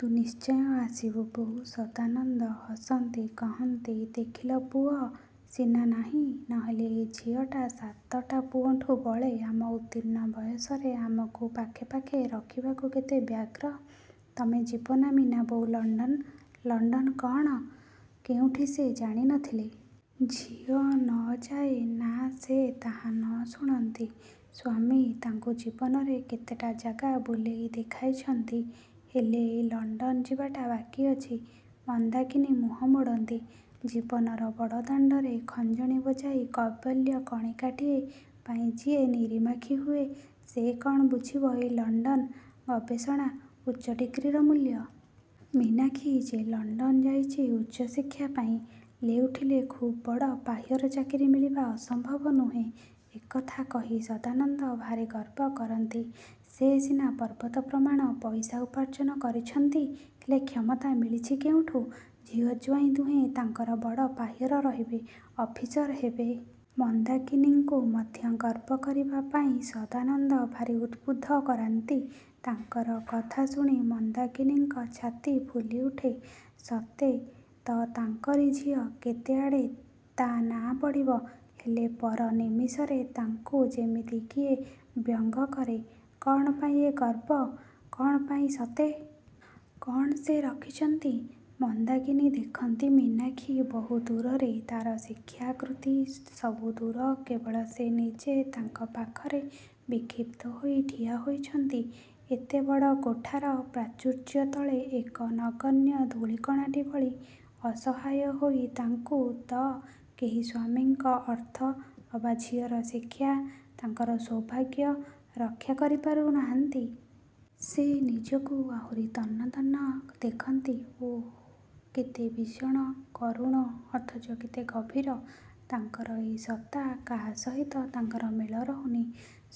ତୁ ନିଶ୍ଚୟ ଆସିବୁ ବୋଉ। ସଦାନନ୍ଦ ହସନ୍ତି କହନ୍ତି, ଦେଖିଲ ପୁଅ ସିନା ନାହିଁ ନହେଲେ ଏ ଝିଅଟା ସାତଟା ପୁଅଠୁଁ ବଳେ। ଆମ ଉତ୍ତୀର୍ଣ୍ଣ ବୟସରେ ଆମକୁ ପାଖେ ପାଖେ ରଖିବାକୁ ସେ କେତେ ବ୍ୟଗ୍ର। ତମେ ଯିବ ନାଁ ମୀନାବୋଉ ଲଣ୍ଡନ? ଲଣ୍ଡନ କଣ, କେଉଁଠି ସେ ଜାଣି ନ ଥିଲେ। ଝିଅ ନ ଯାଏ ନାଁ ସେ ତାହା ନ ଶୁଣନ୍ତି। ସ୍ୱାମୀ ତାଙ୍କୁ ଜୀବନରେ କେତେଟା ଜାଗା ବୁଲାଇ ଦେଖାଇଛନ୍ତି, ହେଲେ ଏଇ ଲଣ୍ଡନ ଯିବାଟା ବାକି ଅଛି। ମନ୍ଦାକିନୀ ମୁହଁ ମୋଡ଼ନ୍ତି। ଜୀବନର ବଡ଼ଦାଣ୍ଡରେ ଖଞ୍ଜଣି ବଜାଇ କୈବଲ୍ୟ କଣିକାଟିଏ ପାଇଁ ଯିଏ ନିରିମାଖି ହୁଏ ସେ କଣ ବୁଝିବ ଏଇ ଲଣ୍ଡନ, ଗବେଷଣା, ଉଚ୍ଚ ଡିଗ୍ରୀର ମୂଲ୍ୟ? ମୀନାକ୍ଷୀ ଯେ ଲଣ୍ଡନ ଯାଇଚି ଉଚ୍ଚଶିକ୍ଷା ପାଇଁ ଲେଉଟିଲେ ଖୁବ୍ ବଡ଼ ପାହ୍ୟାର ଚାକିରି ମିଳିବା ଅସମ୍ଭବ ନୁହେଁ। ଏ କଥା କହି ସଦାନନ୍ଦ ଭାରୀ ଗର୍ବକରନ୍ତି। ସେ ସିନା ପର୍ବତ ପ୍ରମାଣ ପଇସା ଉପାର୍ଜନ କରିଚନ୍ତି ହେଲେ କ୍ଷମତା ମିଳିଛି କେଉଁଠୁ? ଝିଅ, ଜ୍ଵାଇଁ ଦୁହେଁ ତାଙ୍କର ବଡ଼ ପାହ୍ୟାର ରହିବେ, ଅଫିସର ହେବେ। ମନ୍ଦାକିନୀଙ୍କୁ ମଧ୍ୟ ଗର୍ବ କରିବାପାଇଁ ସଦାନନ୍ଦ ଭାରୀ ଉଦବୁଦ୍ଧ କରାନ୍ତି। ତାଙ୍କର କଥା ଶୁଣି ମନ୍ଦାକିନୀଙ୍କ ଛାତି ଫୁଲିଉଠେ। ସତେ ତ ତାଙ୍କରି ଝିଅ, କେତେଆଡ଼େ ତା ନାଁ ପଡ଼ିବ। ହେଲେ ପର ନିମିଷରେ ତାଙ୍କୁ ଯେମିତି କିଏ ବ୍ୟଙ୍ଗ କରେ। କଣ ପାଇଁ ଏ ଗର୍ବ, କଣ ପାଇଁ ସତେ? କଣ ସେ ରଖିଚନ୍ତି? ମନ୍ଦାକିନୀ ଦେଖନ୍ତି ମୀନାକ୍ଷୀ ବହୁ ଦୂରରେ ତାର ଶିକ୍ଷା, କୃତି ସବୁ ଦୂର କେବଳ ସେ ନିଜେ ତାଙ୍କ ପାଖରେ ବିକ୍ଷିପ୍ତ ହୋଇ ଠିଆ ହୋଇଚନ୍ତି। ଏତେ ବଡ଼ କୋଠାର ପ୍ରାଚୁର୍ଯ୍ୟତଳେ ଏକ ନଗଣ୍ୟ ଧୂଳିକଣାଟି ଭଳି ଅସହାୟ ହୋଇ ତାଙ୍କୁ ତ କେହି ସ୍ୱାମୀଙ୍କ ଅର୍ଥ ଅବା ଝିଅର ଶିକ୍ଷା ତାଙ୍କର ସୌଭାଗ୍ୟ ରକ୍ଷା କରି ପାରୁ ନାହାନ୍ତି। ସେ ନିଜକୁ ଆହୁରି ତନ୍ନ ତନ୍ନ ଦେଖନ୍ତି। ଓଃ, କେତେ ଭୀଷଣ, କରୁଣ ଅଥଚ କେତେ ଗଭୀର। ତାଙ୍କର ଏଇ ସତ୍ତା କାହା ସହିତ ତାଙ୍କର ମେଳ ରହୁନି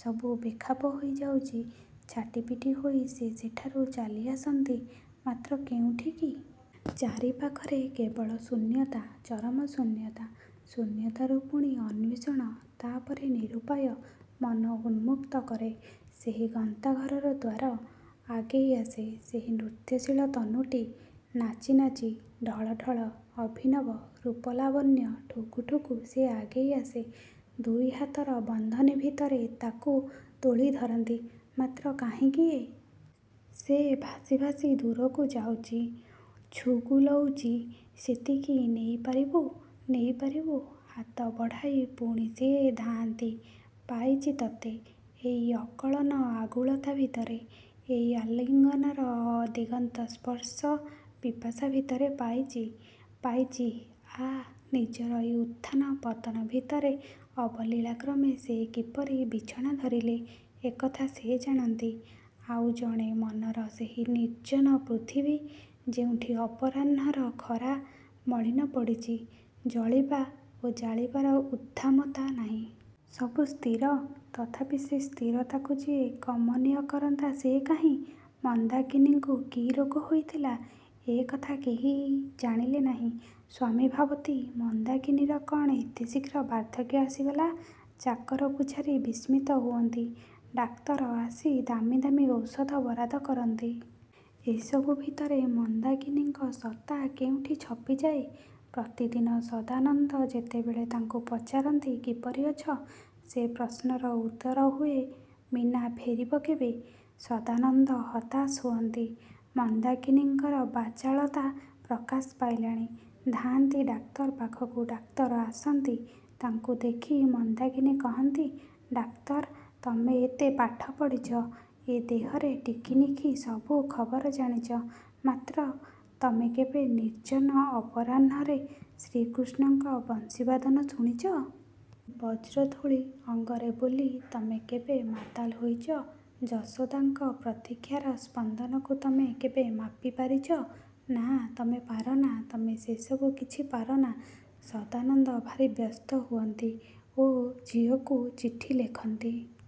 ସବୁ ବେଖାପ ହୋଇ ଯାଉଚି। ଛାଟି ପିଟି ହୋଇ ସେ ସେଠାରୁ ଚାଲିଆସନ୍ତି, ମାତ୍ର କେଉଁଠିକି? ଚାରିପାଖରେ କେବଳ ଶୂନ୍ୟତା, ଚରମଶୂନ୍ୟତା । ଶୂନ୍ୟତାରୁ ପୁଣି ଅନ୍ୱେଷଣ ତାପରେ ନିରୂପାୟ ମନ ଉନ୍ମୁକ୍ତ କରେ ସେହି ଗନ୍ତାଘରର ଦ୍ୱାର। ଆଗେଇ ଆସେ ସେହି ନୃତ୍ୟଶୀଳ ତନୁଟି। ନାଚି ନାଚି, ଢଳ ଢଳ, ଅଭିନବ ରୂପଲାବଣ୍ୟ ଠୁକୁ ଠୁକୁ ସେ ଆଗେଇ ଆସେ। ଦୁଇହାତର ବନ୍ଧନୀଭିତରେ ତାକୁ ତୋଳି ଧରନ୍ତି, ମାତ୍ର କାହିଁ କିଏ? ସେ ଭାସି ଭାସି ଦୂରକୁ ଯାଉଚି। ଛୁଗୁଲଉଚି ସତେକି ନେଇପାରିବୁ? ନେଇପାରିବୁ? ହାତ ବଢ଼ାଇ ପୁଣି ସେ ଧାଆଁନ୍ତି। ପାଇଚି ତତେ, ଏଇ ଅକଳନ ଆଗୁଳତା ଭିତରେ, ଏଇ ଆଲିଙ୍ଗନର ଦିଗନ୍ତସ୍ପର୍ଶ ପିପାସା ଭିତରେ ପାଇଚି, ପାଇଚି ଆଃ ନିଜର ଏଇ ଉତଥାନ ପତନ ଭିତରେ ଅବଲିଳାକ୍ରମେ ସେ କିପରି ବିଛଣା ଧରିଲେ ଏକଥା ସେ ଜାଣନ୍ତି ଆଉ ଜଣେ ମନର ସେହି ନିର୍ଜନ ପୃଥିବୀ ଯେଉଁଠି ଅପରାହ୍ନଣର ଖରା ମଳିନ ପଡ଼ିଚି, ଜଳିବା ଓ ଜାଳିବାର ଉଦ୍ଦାମତା ନାହିଁ। ସବୁ ସ୍ଥିର, ତଥାପି ସେ ସ୍ଥିରତାକୁ ଯିଏ କମନୀୟ କରନ୍ତା, ସେ କାହିଁ? ମନ୍ଦାକିନୀଙ୍କୁ କି ରୋଗ ହୋଇଥିଲା ଏ କଥା କେହି ଜାଣିଲେ ନାହିଁ। ସ୍ଵାମୀ ଭାବନ୍ତି, ମନ୍ଦାକିନୀର କଣ ଏତେ ଶୀଘ୍ର ବାର୍ଦ୍ଧକ୍ୟ ଆସିଗଲା? ଚାକର ପୁଝାରୀ ବିସ୍ମିତ ହୁଅନ୍ତି, ଡାକ୍ତର ଆସି ଦାମି ଦାମି ଔଷଧ ବରାଦ କରନ୍ତି। ଏସବୁ ଭିତରେ ମନ୍ଦାକିନୀଙ୍କ ସତ୍ତା କେଉଁଠି ଛପିଯାଏ, ପ୍ରତିଦିନ ସଦାନନ୍ଦ ଯେତେବେଳେ ତାଙ୍କୁ ପଚାରନ୍ତି କିପରି ଅଛ? ସେ ପ୍ରଶ୍ନର ଉତ୍ତର ହୁଏ ମୀନା ଫେରିବ କେବେ? ସଦାନନ୍ଦ ହତାଶ ହୁଅନ୍ତି। ମନ୍ଦାକିନୀଙ୍କର ବାଚାଳତା ପ୍ରକାଶ ପାଇଲାଣି ଧାଆଁନ୍ତି ଡାକ୍ତର ପାଖକୁ, ଡାକ୍ତର ଆସନ୍ତି। ତାଙ୍କୁ ଦେଖି ମନ୍ଦାକିନୀ କହନ୍ତି ଡାକ୍ତର ତମେ ଏତେ ପାଠ ପଢ଼ିଚ, ଏ ଦେହର ଟିକିନିଖି ସବୁ ଖବର ଜାଣିଚ, ମାତ୍ର ତମେ କେବେ ନିର୍ଜନ ଅପରାହ୍ନଣରେ ଶ୍ରୀକୃଷ୍ଣଙ୍କ ବଂଶୀବାଦନ ଶୁଣିଚ? ବ୍ରଜଧୂଳି ଅଙ୍ଗରେ ବୋଲି, ତମେ କେବେ ମାତାଲ୍ ହୋଇଚ? ଯଶୋଦାଙ୍କ ପ୍ରତୀକ୍ଷାର ସ୍ପନ୍ଦନକୁ ତମେ କେବେ ମାପି ପାରିଚ? ନାଁ ତମେ ପାରନା, ତମେ ସେସବୁ କିଛି ପାରନା । ସଦାନନ୍ଦ ଭାରୀ ବ୍ୟସ୍ତ ହୁଅନ୍ତି ଓ ଝିଅକୁ ଚିଠି ଲେଖନ୍ତି ।